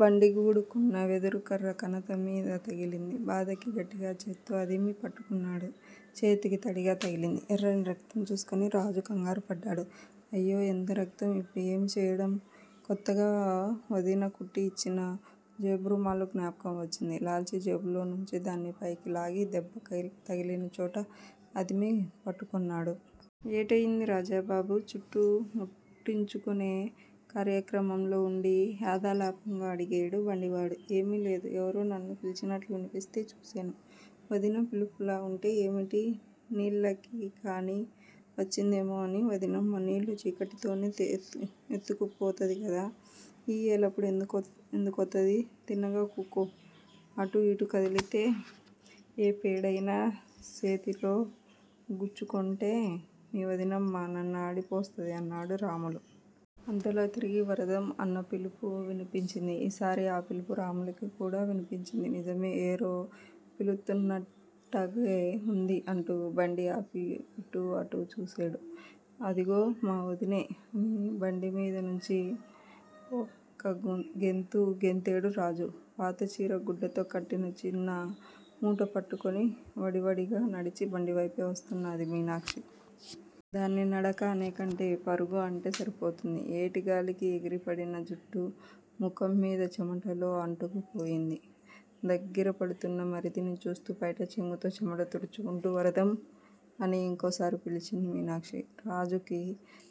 బండిగూడుకున్న వెదురుకర్ర కణతమీద తగిలింది. బాధకి గట్టిగా చేత్తో అదిమి పట్టుకున్నాడు. చేతికి తడిగా తగిలింది. ఎర్రని రక్తం చూసుకొని రాజు కంగారుపడ్డాడు. 'అయ్యో, ఎంత రక్తం! ఇప్పుడు ఏమి చెయ్యడం? ' కొత్తగా వదిన కుట్టి ఇచ్చిన జేబురుమాలు జ్ఞాపకం వచ్చింది. లాల్చీ జేబులోనుంచి దాన్ని పైకి లాగి దెబ్బ తగిలినచోట అదిమి పట్టుకొన్నాడు. ఏటయింది, రాజుబాబూ? చుట్ట ముట్టించుకొనే కార్యక్రమంలో ఉండి యాదాలాపంగా అడిగేడు బండివాడు. ఏమీలేదు. ఎవరో నన్ను పిలిచినట్లు వినిపిస్తే చూసేను. వదిన పిలుపులా ఉంటే ఏమిటి నీళ్ళకికాని వచ్చిందేమో అని వదినమ్మ నీళ్ళు చీకటితోనే ఎత్తుకుపోతది కదా! ఈ ఏలప్పుడు ఎందుకొత్తాది? తిన్నగా కూకో. ఇటు అటు కదిలితే ఏ పేడయినా సేతిలో గుచ్చుకొంటే మీ వదినమ్మ నన్నాడిపోస్తాది అన్నాడు రాములు. అంతలో తిరిగి 'వరదం' అన్న పిలుపు వినిపించింది. ఈసారి ఆ పిలుపు రాములుకి కూడా వినిపించింది. నిజమే, ఏరో పిలుత్తున్నట్టగే ఉంది అంటూ బండి ఆపి ఇటు అటు చూసేడు. అదిగో, మా వదినే! అని బండిమీదనించి ఒక్కగెంతు గెంతేడు రాజు. పాత చీరగుడ్డతో కట్టిన చిన్న మూట పట్టుకొని వడివడిగా నడిచి బండివైపే వస్తున్నాది మీనాక్షి. దాన్ని నడక అనేకంటే పరుగు అంటే సరిపోతుంది. ఏటిగాలికి ఎగిరిపడిన జుట్టు ముఖంమీద చెమటలో అంటుకు పోయింది. దగ్గిరపడుతున్న మరిదిని చూస్తూ పైటచెంగుతో చెమట తుడుచుకుంటూ వరదం! అని ఇంకోసారి పిలిచింది మీనాక్షి. రాజుకి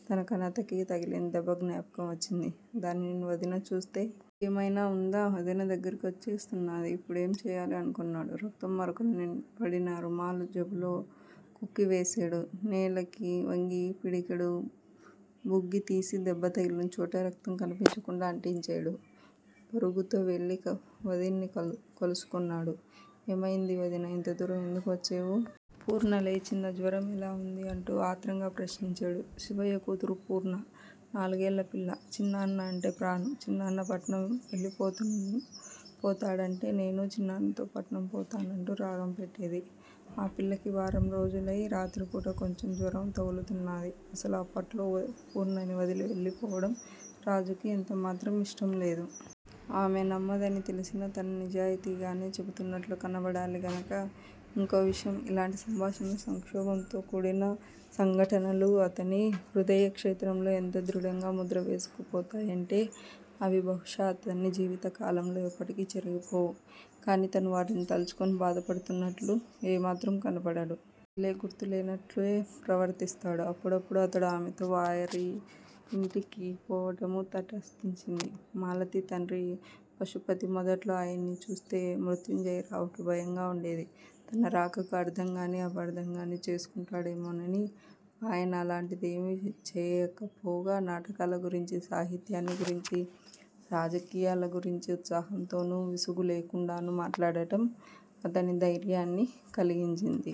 తన కణతకి తగిలిన దెబ్బ జ్ఞాపకం వచ్చింది. 'దానిని వదిన చూస్తే? ఇంకేమైనా ఉందా? వదిన దగ్గిరికి వచ్చేస్తున్నాది. ఇప్పుడేం చెయ్యాలి? ' అనుకొన్నాడు. రక్తం మరకలు పడిన రుమాలు జేబులో కుక్కి వేసేడు. నేలకి వంగి పిడికెడు బుగ్గితీసి దెబ్బతగిలినచోట రక్తం కనిపించకుండా అంటించేడు. పరుగుతో వెళ్ళి వదిన్ని కలుసుకొన్నాడు. ఏమయింది, వదినా! ఇంతదూరం ఎందుకు వచ్చేవు? పూర్ణలేచిందా? జ్వరం ఎలా ఉంది? అంటూ ఆత్రంగా ప్రశ్నించేడు. శివయ్య కూతురు పూర్ణ. నాలుగేళ్ళ పిల్ల. చిన్నాన్న అంటే ప్రాణం. చిన్నాన్న పట్నం వెళ్ళిపోతాడంటే 'నేనూ చిన్నాన్నతో పట్నం పోతా'నంటూ రాగం పెట్టేది. ఆ పిల్లకి వారంరోజులై రాత్రిపూట కొంచెం జ్వరం తగులుతున్నాది. అసలు అప్పట్లో పూర్ణని వదిలి వెళ్ళిపోవడం రాజుకి యెంతమాత్రం ఇష్టంలేదు. ఆమె నమ్మదని తెలిసినా, తను నిజాయితీగానే చెబుతున్నట్లు కనబడాలి గనక. ఇంకో విశేషం. ఇలాంటి సంభాషణలు, సంక్షోభంతో కూడిన సంఘటనలూ అతని హృదయక్షేత్రంలో ఎంత దృఢంగా ముద్రవేసుకుపోతాయంటే, అవి బహుశా అతని జీవితకాలంలో ఎప్పటికీ చెరిగిపోవు. కాని తను వాటిని తలచుకుని బాధపడుతున్నట్లు ఏమాత్రం కనబడడు. అసలు గుర్తులేనట్లే ప్రవర్తిస్తాడు. అప్పుడప్పుడు అతడు ఆమెతో వారియింటికి పోవటమూ తటస్థించింది. మాలతి తండ్రి పశుపతి, మొదట్లో ఆయన్ని చూస్తే మృత్యుంజయరావుకి భయంగా వుండేది. తన రాకకు అర్ధంగానీ, అపార్థంగానీ చేసుకుంటాడేమోనని. ఆయన అలాంటిదేమీ చేయకపోగా నాటకాలగురించీ, సాహిత్యాన్ని గురించీ, రాజకీయాలగురించీ ఉత్సాహంతోనూ, విసుగులేకుండానూ మాట్లాడటం అతనికి ధైర్యాన్ని కలిగించింది.